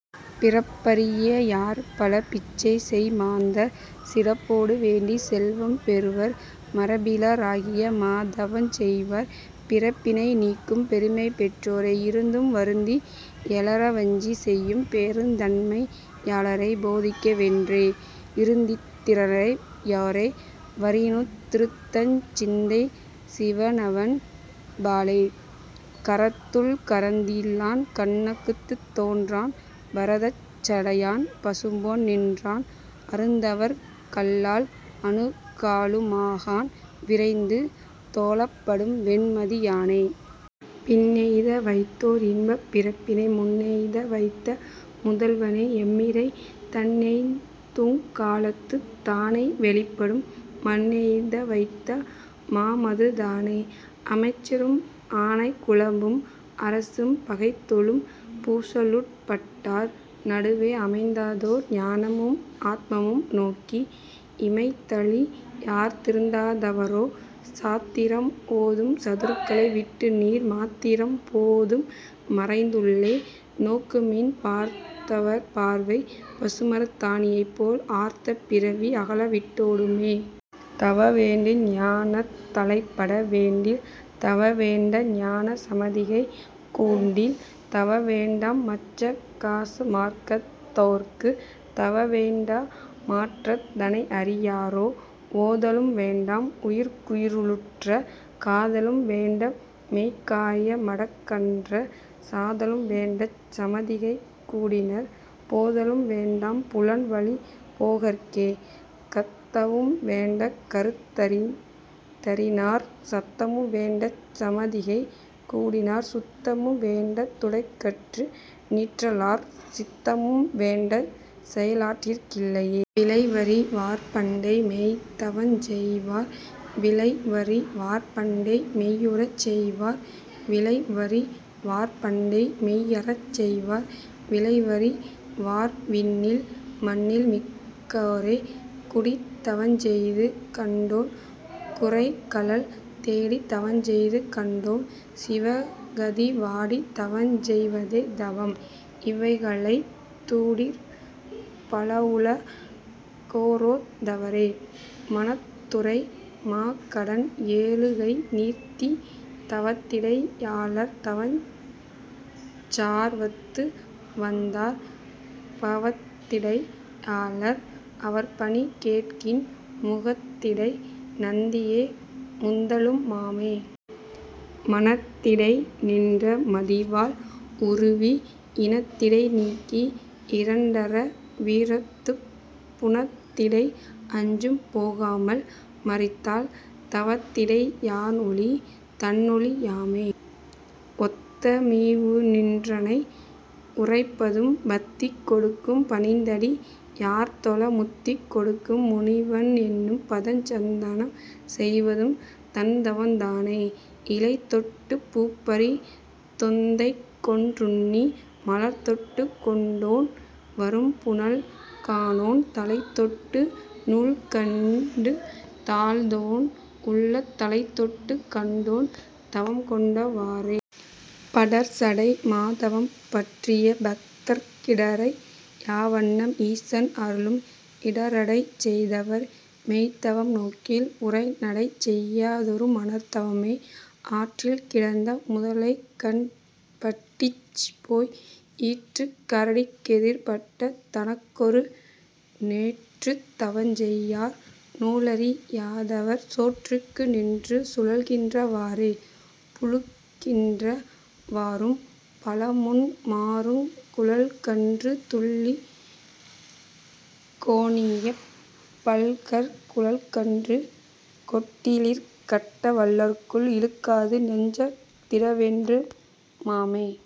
பிறப்பறி யார்பல பிச்சைசெய் மாந்தர் சிறப்பொடு வேண்டிய செல்வம் பெறுவர் மறப்பில ராகிய மாதவஞ் செய்வார் பிறப்பினை நீக்கும் பெருமைபெற் றாரே. இருந்து வருந்தி எழிறவஞ் செய்யும் பெருந்தன்மை யாளரைப் பேதிக்க வென்றே இருந்திந் திரனே யெவரே வரினுந் திருந்துந்தஞ் சிந்தை சிவனவன் பாலே. கரந்துங் கரந்திலன் கண்ணுக்குந் தோன்றான் பரந்த சடையன் பசும்பொன் நிறத்தன் அருந்தவர்க் கல்லால் அணுகலு மாகான் விரைந்து தொழப்படும் வெண்மதி யானே. பின்னெய்த வைத்ததோர் இன்பப் பிறப்பினை முன்னெய்த வைத்த முதல்வனை எம்மிறை தன்னெய்துங் காலத்துத் தானே வெளிப்படும் மன்னெய்த வைத்த மனமது தானே. அமைச்சரும் ஆனைக் குழாமும் அரசும் பகைத்தெழும் பூசலுட் பட்டார் நடுவே அமைத்ததோர் ஞானமும் ஆத்தமும் நோக்கி இமைத்தழி யாதிருந் தார்தவத் தாரே. சாத்திரம் ஓதுஞ் சதுர்களை விட்டுநீர் மாத்திரைப் போது மறித்துள்ளே நோக்குமின் பார்த்தவப் பார்வை பசுமரத் தாணிபோல் ஆர்த்த பிறவி அகலவிட் டோடுமே. தவம்வேண்டு ஞானந் தலைபட வேண்டில் தவம்வேண்டா ஞான சமாதிகை கூடில் தவம்வேண்டா மச்ச கசமார்க்கத் தோர்க்கு தவம்வேண்டா மாற்றந் தனையறி யாரே. ஓதலும் வேண்டாம் உயிர்க்குயி ருள்ளுற்றாற் காதலும் வேண்டாமெய்க் காய மிடம்கண்டாற் சாதலும் வேண்டாஞ் சமாதிகை கூடினாற் போதலும் வேண்டாம் புலன்வழி போகார்க்கே. கத்தவும் வேண்டாங் கருத்தறிந் தாறினாற் சத்தமும் வேண்டாஞ் சமாதிகை கூடினாற் சுத்தமும் வேண்டாந் துடக்கற்று நிற்றலாற் சித்தமும் வேண்டாஞ் செயலற்றிருக்கிலே. விளைவறி வார்பண்டை மெய்த்தவஞ் செய்வார் விளைவறி வார்பண்டை மெய்யுரை செய்வார் விளைவறி வார்பண்டை மெய்யறஞ் செய்வார் விளைவறி வார்விண்ணின் மண்ணின்மிக் காரே. கூடித் தவஞ்செய்து கண்டேன் குரைகழல் தேடித் தவஞ்செய்து கண்டேன் சிவகதி வாடித் தவஞ்செய்வ தேதவம் இவைகளைந் தூடிற் பலவுல கோரெத் தவரே. மனத்துரை மாகடல் ஏழுங் கைநீந்தித் தவத்திடை யாளர்தஞ் சார்வத்து வந்தார் பவத்திடை யாளர் அவர்பணி கேட்கின் முகத்திடை நந்தியை முந்தலு மாமே. மனத்திடை நின்ற மதிவாள் உருவி இனத்திடை நீக்கி இரண்டற வீர்த்துப் புனத்திடை அஞ்சும் போகாமல் மறித்தால் தவத்திடை யாறொளி தன்னொளி யாமே. ஒத்து மிகவு நின்றானை யுரைப்பது பத்தி கொடுக்கும் பணிந்தடி யார்தொழ முத்தி கொடுக்கும் முனிவன் னெனும்பதஞ் சத்தான செய்வது தான்தவந் தானே. இலைதொட்டுப் பூப்பறித் தெந்தைக்கென் றெண்ணி மலர்தொட்டுக் கொண்டேன் வரும்புனல் காணேன் தலைதொட்ட நூல்கண்டு தாழ்ந்ததென் உள்ளந் தலைதொட்டுக் கண்டேன் தவங்கொண்ட வாறே. படர்சடை மாதவம் பற்றிய பத்தர்க் கிடரடை யாவண்ணம் ஈசன் அருளும் இடரடை செய்தவர் மெய்த்தவ நோக்கில் உடரடை செய்வ தொருமனத் தாமே. ஆற்றிக் கிடந்த முதலைகண் டஞ்சிப்போய் ஈற்றுக் கரடிக் கெதிர்ப்பட்ட தன்னொக்கும் நோற்றுத் தவஞ்செய்யார் நூலறி யாதவர் சோற்றுக்கு நின்று சுழல்கின்ற வாறே. பழுக்கின்ற வாறும் பழமுண்ணு மாறுங் குழக்கன்று துள்ளியக் கோணியைப் பல்காற் குழக்கன்று கொட்டிலிற் கட்டவல் லார்க்குள் இழுக்காது நெஞ்சத் திடவொன்று மாமே.